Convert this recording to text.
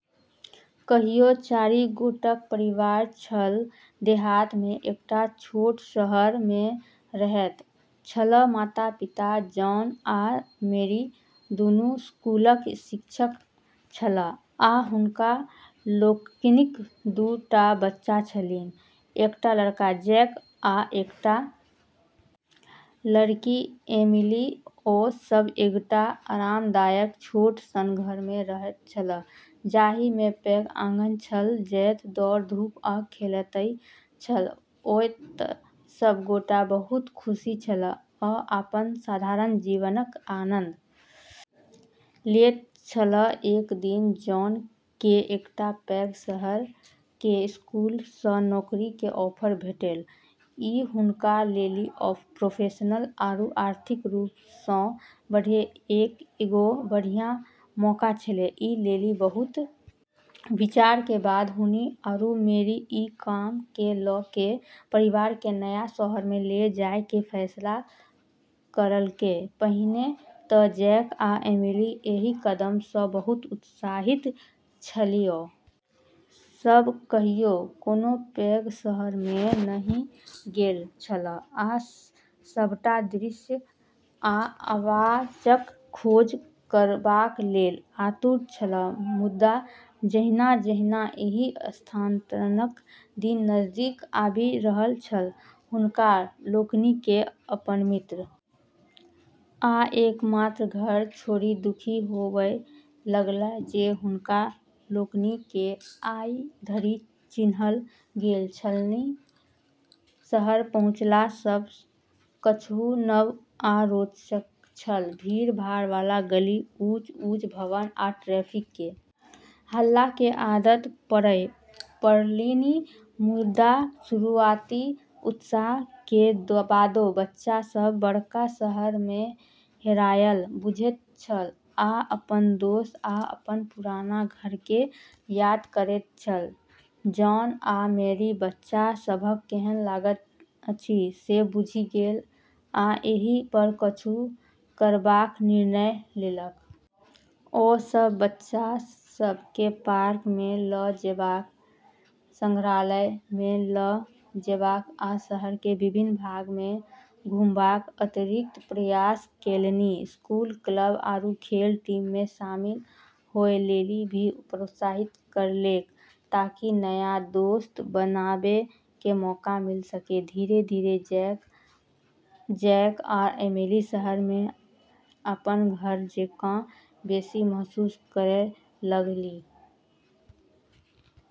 कहियो चारि गोटेक परिवार छल, देहात मे एकटा छोट शहर मे रहैत छलाह, माता-पिता जॉन आ मैरी दुनू स्कूलक शिक्षक छलाह आ हुनका लोकनिक दू टा बच्चा छलनि, एकटा लड़का जैक आ एकटा लड़की एमिली, ओ सभ एकटा आरामदायक छोट सन घर मे रहैत छलाह जाहि मे पैघ आँगन छल जतय दौड़-धूप आ खेलाइत छल, ओतय सब गोटे बहुत खुश छलाह आ अपन साधारण जीवनक आनंद लैत छलाह, एक दिन जॉन के एकटा पैघ शहर के स्कूल स नौकरी के ऑफर भेटल, ई हुनका लेली प्रोफेशनल आरू आर्थिक रूप स॑ बढ़ै के एगो बढ़िया मौका छेलै, ई लेली बहुत विचार के बाद हुनी आरू मैरी ई काम के ल के परिवार के नया शहर मे ले जाय के फैसला करलकै, पहिने त जैक आ एमिली एहि कदम स बहुत उत्साहित छलीह, ओ सभ कहियो कोनो पैघ शहर मे नहि गेल छलाह आ सभटा दृश्य आ आवाजक खोज करबाक लेल आतुर छलाह मुदा जहिना-जहिना एहि स्थानांतरणक दिन नजदीक आबि रहल छल हुनका लोकनि केँ अपन मित्र आ एकमात्र घर छोड़ि दुखी होबय लगलाह जे हुनका लोकनि केँ आइ धरि चिन्हल गेल छलनि, शहर पहुँचला पर सब किछु नव आ रोमांचक छल, भीड़-भाड़ वाला गली, ऊँच-ऊँच भवन आ ट्रैफिक के हल्ला के आदत पड़य पड़लनि मुदा शुरूआती उत्साह के बादो बच्चा सब बड़का शहर में हेरायल बुझैत छल आ अपन दोस्त आ अपन पुरान घर के याद करैत छल, जॉन आ मैरि बच्चा सभक केहन लगैत अछि से बुझि गेल आ एहि पर किछु करबाक निर्णय लेलक। ओ सब बच्चा सब के पार्क में ल जेबाक, संग्रहालय में ल जेबाक आ शहर के विभिन्न भाग में घुमबाक अतिरिक्त प्रयास केलनि, स्कूल क्लब आरू खेल टीम मे शामिल होय लेली भी प्रोत्साहित करलकै ताकि नया दोस्त बनाबै के मौका मिल सके, धीरे-धीरे जैक आ एमिली शहर मे अपन घर जेकाँ बेसी महसूस करय लगलीह।